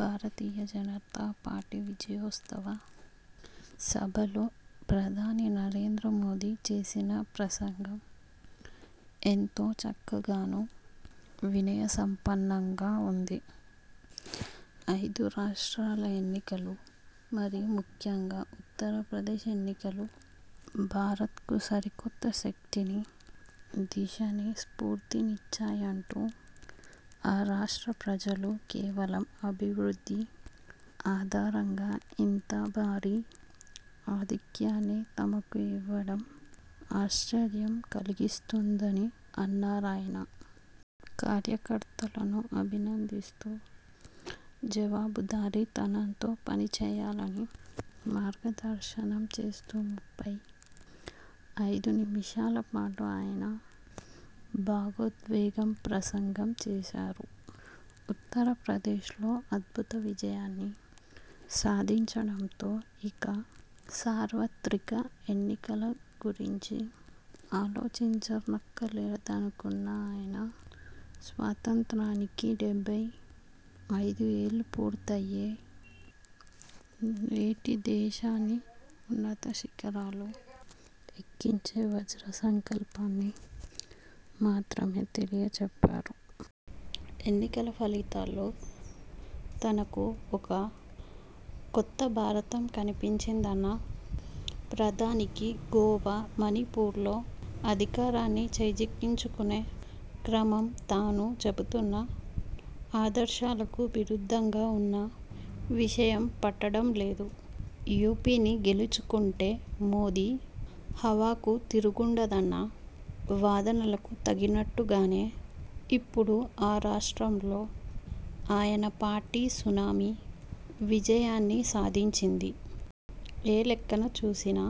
భారతీయ జనతాపార్టీ విజయోత్సవ సభలో ప్రధాని నరేంద్రమోదీ చేసిన ప్రసంగం ఎంతో చక్కగానూ, వినయసంపన్నంగా ఉంది. ఐదు రాష్ట్రాల ఎన్నికలు, మరీ ముఖ్యంగా ఉత్తరప్రదేశ్ ఎన్నికలు భారత్కు సరికొత్త శక్తినీ, దిశనీ, స్ఫూర్తినిచ్చాయంటూ, ఆ రాష్ట్ర ప్రజలు కేవలం అభివృద్ధి ఆధారంగా ఇంత భారీ ఆధిక్యాన్ని తమకు ఇవ్వడం ఆశ్చర్యం కలిగిస్తున్నదని అన్నారాయన. కార్యకర్తలను అభినందిస్తూ, జవాబుదారీ తనంతో పనిచేయాలని మార్గదర్శనంచేస్తూ ముప్పై ఐదునిముషాలపాటు ఆయన భావోద్వేగ ప్రసంగం చేశారు. ఉత్తరప్రదేశ్లో అద్భుత విజయాన్ని సాధించడంతో, ఇక సార్వత్రిక ఎన్నికల గురించి ఆలోచించనక్కరలేదనుకున్న ఆయన, స్వాతంత్ర్యానికి డెబ్బై ఐదు ఏళ్ళు పూర్తయ్యే నేటి దేశాన్ని ఉన్నతశిఖరాలు ఎక్కించే వజ్రసంకల్పాన్ని మాత్రమే తెలియచెప్పారు. ఎన్నికల ఫలితాల్లో తనకు ఒక కొత్త భారతం కనిపించిదన్న ప్రధానికి, గోవా, మణిపూర్లో అధికారాన్ని చేజిక్కించుకొనే క్రమం తాను చెబుతున్న ఆదర్శాలకు విరుద్ధంగా ఉన్న విషయం పట్టడం లేదు. యూపీని గెలుచుకుంటే మోదీ హవాకు తిరుగుండదన్న వాదనలకు తగినట్టుగానే, ఇప్పుడు ఆ రాష్ట్రంలో ఆయన పార్టీ సునామీ విజయాన్ని సాధించింది. ఏ లెక్కన చూసినా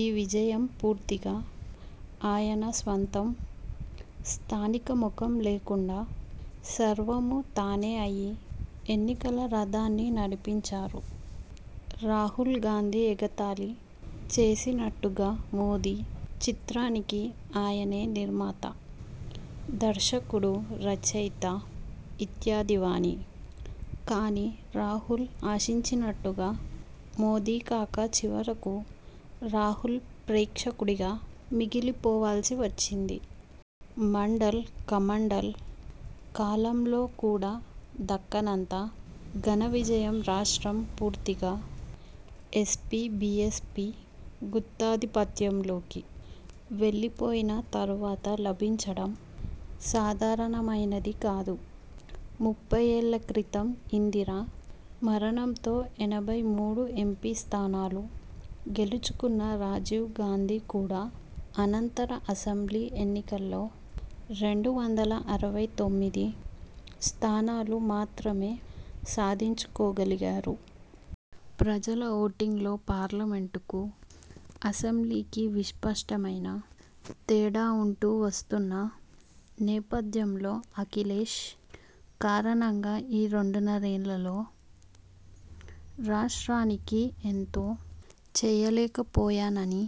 ఈ విజయం పూర్తిగా ఆయన స్వంతం. స్థానిక మొఖం లేకుండా సర్వమూ తానే అయి ఎన్నికల రథాన్ని నడిపించారు. రాహుల్ గాంధీ ఎగతాళి చేసినట్టుగా, మోదీ చిత్రానికి ఆయనే నిర్మాత, దర్శకుడు, రచయిత ఇత్యాదివన్నీ. కానీ, రాహుల్ ఆశించినట్టుగా మోదీకాక చివరకు రాహుల్ ప్రేక్షకుడిగా మిగిలిపోవాల్సి వచ్చింది. మండల్–కమండల్ కాలంలో కూడా దక్కనంత ఘనవిజయం రాష్ట్రం పూర్తిగా ఎస్పీ బీఎస్పీ గుత్తాధిపత్యంలోకి వెళ్లిపోయిన తరువాత లభించడం సాధారణమైనది కాదు. ముప్పయ్యేళ్ళక్రితం ఇందిర మరణంతో ఎనభై మూడు ఎంపీస్థానాలు గెలుచుకున్న రాజీవ్ గాంధీ కూడా అనంతర అసెంబ్లీ ఎన్నికల్లో రెండు వందల అరవై తొమ్మిది స్థానాలు మాత్రమే సాధించుకోగలిగారు. ప్రజల ఓటింగ్లో పార్లమెంటుకూ, అసెంబ్లీకీ విస్పష్టమైన తేడా ఉంటూ వస్తున్న నేపథ్యంలో, అఖిలేశ్ కారణంగా ఈ రెండున్నరేళ్ళ లో రాష్ట్రానికి ఎంతో చేయలేకపోయానని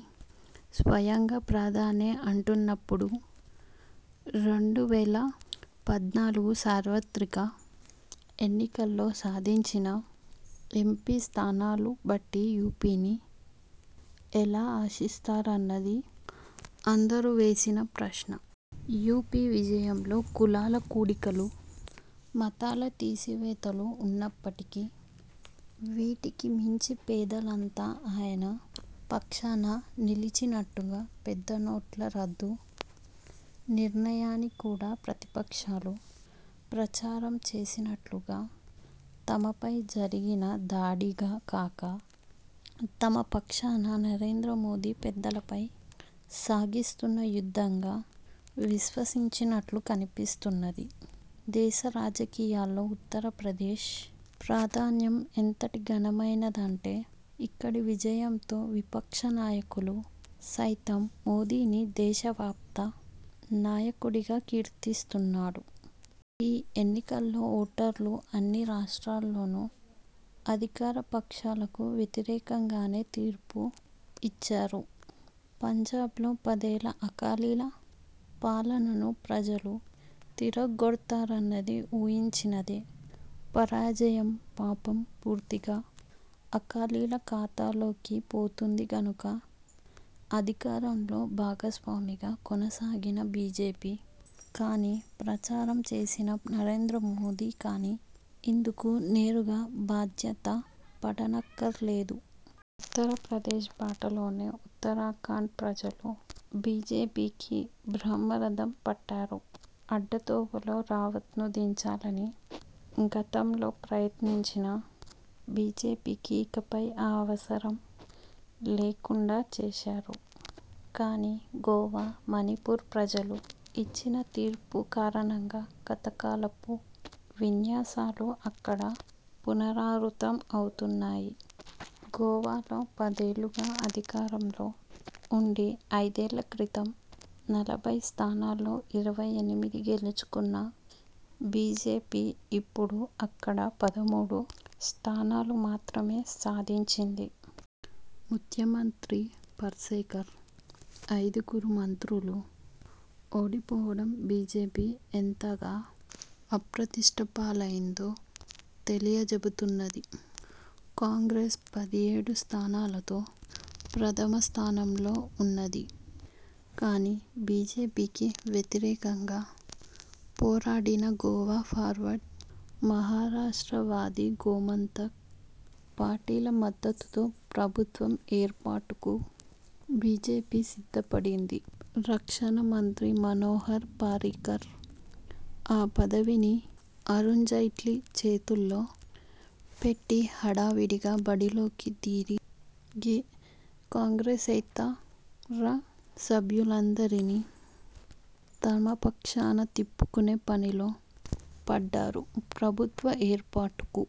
స్వయంగా ప్రధానే అంటున్నప్పుడు, రెండు వేల పద్నాలుగుసార్వత్రిక ఎన్నికల్లో సాధించిన ఎంపీస్థానా లు బట్టి యూపీని ఎలా ఆశిస్తారన్నది అందరూ వేసిన ప్రశ్న. యూపీ విజయంలో కులాల కూడికలూ మతాల తీసివేతలూ ఉన్నప్పటికీ, వీటికి మించి పేదలంతా ఆయన పక్షాన నిలిచినట్టుగా, పెద్దనోట్ల రద్దు నిర్ణయాన్ని కూడా ప్రతిపక్షాలు ప్రచారం చేసినట్లుగా తమపై జరిగిన దాడిగా కాక, తమపక్షాన నరేంద్రమోదీ పెద్దలపై సాగిస్తున్న యుద్ధంగా విశ్వసించినట్లు కనిపిస్తున్నది. దేశరాజకీయాల్లో ఉత్తరప్రదేశ్ ప్రాధాన్యం ఎంతటి ఘనమైనదంటే, ఇక్కడి విజయంతో విపక్షనాయకులు సైతం మోదీని దేశవ్యాప్త నాయకుడిగా కీర్తిస్తున్నారు. ఈ ఎన్నికల్లో ఓటర్లు అన్ని రాష్ట్రాల్లోనూ అధికారపక్షాలకు వ్యతిరేకంగానే తీర్పు ఇచ్చారు. పంజాబ్లో పదేళ్ళ అకాలీల పాలనను ప్రజలు తిరగ్గొడతారన్నది ఊహించినదే. పరాజయం పాపం పూర్తిగా అకాలీల ఖాతాలోకి పోతుంది కనుక, అధికారంలో భాగస్వామిగా కొనసాగిన బీజేపీ కానీ, ప్రచారం చేసిన నరేంద్రమోదీ కానీ ఇందుకు నేరుగా బాధ్యత పడనక్కరలేదు. ఉత్తరప్రదేశ్ బాటలోనే ఉత్తరాఖండ్ ప్రజలు బీజేపీకి బ్రహ్మరథం పట్టారు. అడ్డతోవలో రావత్ను దించాలని గతంలో ప్రయత్నించిన బీజేపీకి ఇకపై ఆ అవసరం లేకుండా చేశారు. కానీ, గోవా, మణిపూర్ ప్రజలు ఇచ్చిన తీర్పు కారణంగా గతకాలపు విన్యాసాలు అక్కడ పునరావృతమవుతున్నాయి. గోవాలో పదేళ్ళుగా అధికారంలో ఉండి, ఐదేళ్ళక్రితం నలభై స్థానాల్లో ఇరవై ఎనిమిది గెలుచుకున్న బీజేపీ ఇప్పుడు అక్కడ పదమూడు స్థానాలు మాత్రమే సాధించింది. ముఖ్యమంత్రి పర్సేకర్, ఐదుగురు మంత్రులు ఓడిపోవడం బీజేపీ ఎంతగా అప్రదిష్టపాలైందో తెలియచెబుతున్నది. కాంగ్రెస్ పదిహేడు స్థానాలతో ప్రథమస్థానంలో ఉన్నది. కానీ, బీజేపీకి వ్యతిరేకంగా పోరాడిన గోవా ఫార్వర్డ్, మహారాష్ట్రవాదీ గోమంతక్ పార్టీల మద్దతుతో ప్రభుత్వం ఏర్పాటుకు బీజేపీ సిద్ధపడింది. రక్షణమంత్రి మనోహర్ పారీకర్ ఆ పదవిని అరుణ్జైట్లీ చేతుల్లో పెట్టి హడావుడిగా బరిలోకి దిగి, కాంగ్రెసేతర సభ్యులందరినీ తనపక్షాన తిప్పుకొనే పనిలో పడ్డారు. ప్రభుత్వ ఏర్పాటుకు